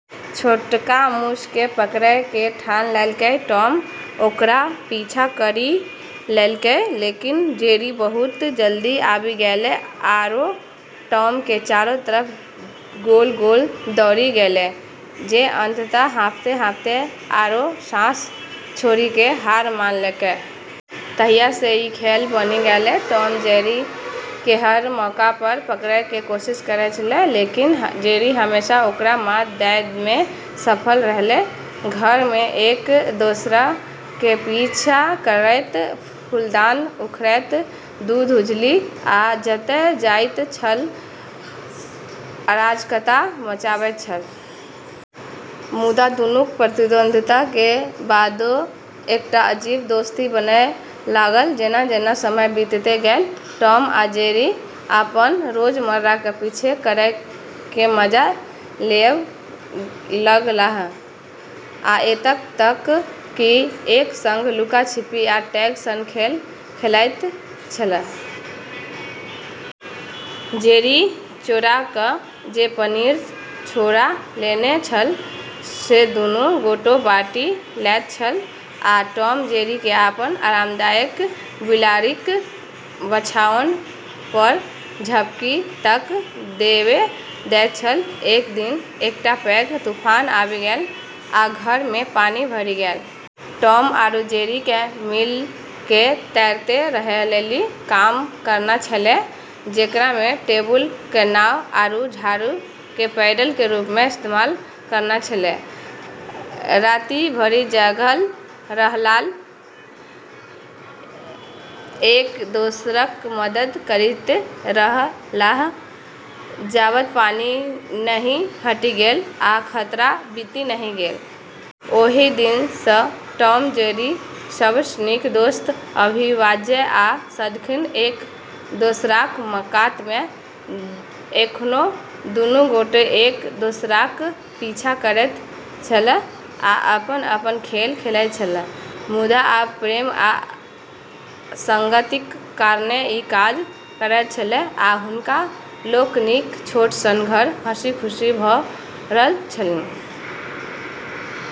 छोटका मूस के पकड़ै के ठान लेलकै, टॉम ओकरा पीछा करी लेलकै, लेकिन जेरी बहुत जल्दी आबी गेलै आरो टॉम के चारो तरफ गोल-गोल दौड़ी गेलै, जे अंततः हांफतें-हांफतें आरो सांस छोड़ी केॅ हार मानलकै। तहिया से ई खेल बनि गेलै, टॉम जेरी के हर मौका पर पकड़ै के कोशिश करै छेलै, लेकिन जेरी हमेशा ओकरा मात दै में सफल रहलै। घर मे एक दोसरा के पीछा करैत फूलदान उखड़ैत, दूध उझलि, आ जतय जाइत छल अराजकता मचाबै छल। मुदा दुनूक प्रतिद्वंद्विता के बादो एकटा अजीब दोस्ती बनय लागल। जेना-जेना समय बीतैते गेल, टॉम आ जेरी अपन रोजमर्रा के पीछे करय के मजा लेब लगलाह, आ एतेक तक कि एक संग लुका-छिपी, या टैग सन खेल खेलाइत छलाह. जेरी चोरा क' जे पनीर छोरा लेने छल, से दुनू गोटो बाँटि लै छल, आ टॉम जेरी केँ अपन आरामदायक बिलाड़िक बछाओन पर झपकी तक देबय दै छल. एक दिन एकटा पैघ तूफान आबि गेल, आ घर मे पानि भरि गेल। टॉम आरू जेरी के मिल के तैरते रहै लेली काम करना छेलै, जेकरा म॑ टेबुल क॑ नाव आरू झाड़ू क॑ पैडल के रूप म॑ इस्तेमाल करना छेलै। राति भरि जागल रहलाल, एक दोसराक मदद करैत रहलाह, जाबत पानि नहि हटि गेल आ खतरा बीति नहि गेल। ओहि दिन से टॉम जेरी सबसँ नीक दोस्त, अभिभाज्य आ सदखिन एक दोसराक मकात मे। एखनो दुनू गोटे एक दोसराक पीछा करैत छलाह आ अपन-अपन खेल खेलाइ छलाह, मुदा आब प्रेम आ संगतिक कारणेँ ई काज करै छलाह, आ हुनका लोकनिक छोट सन घर हँसी-खुशी भरल छलनि।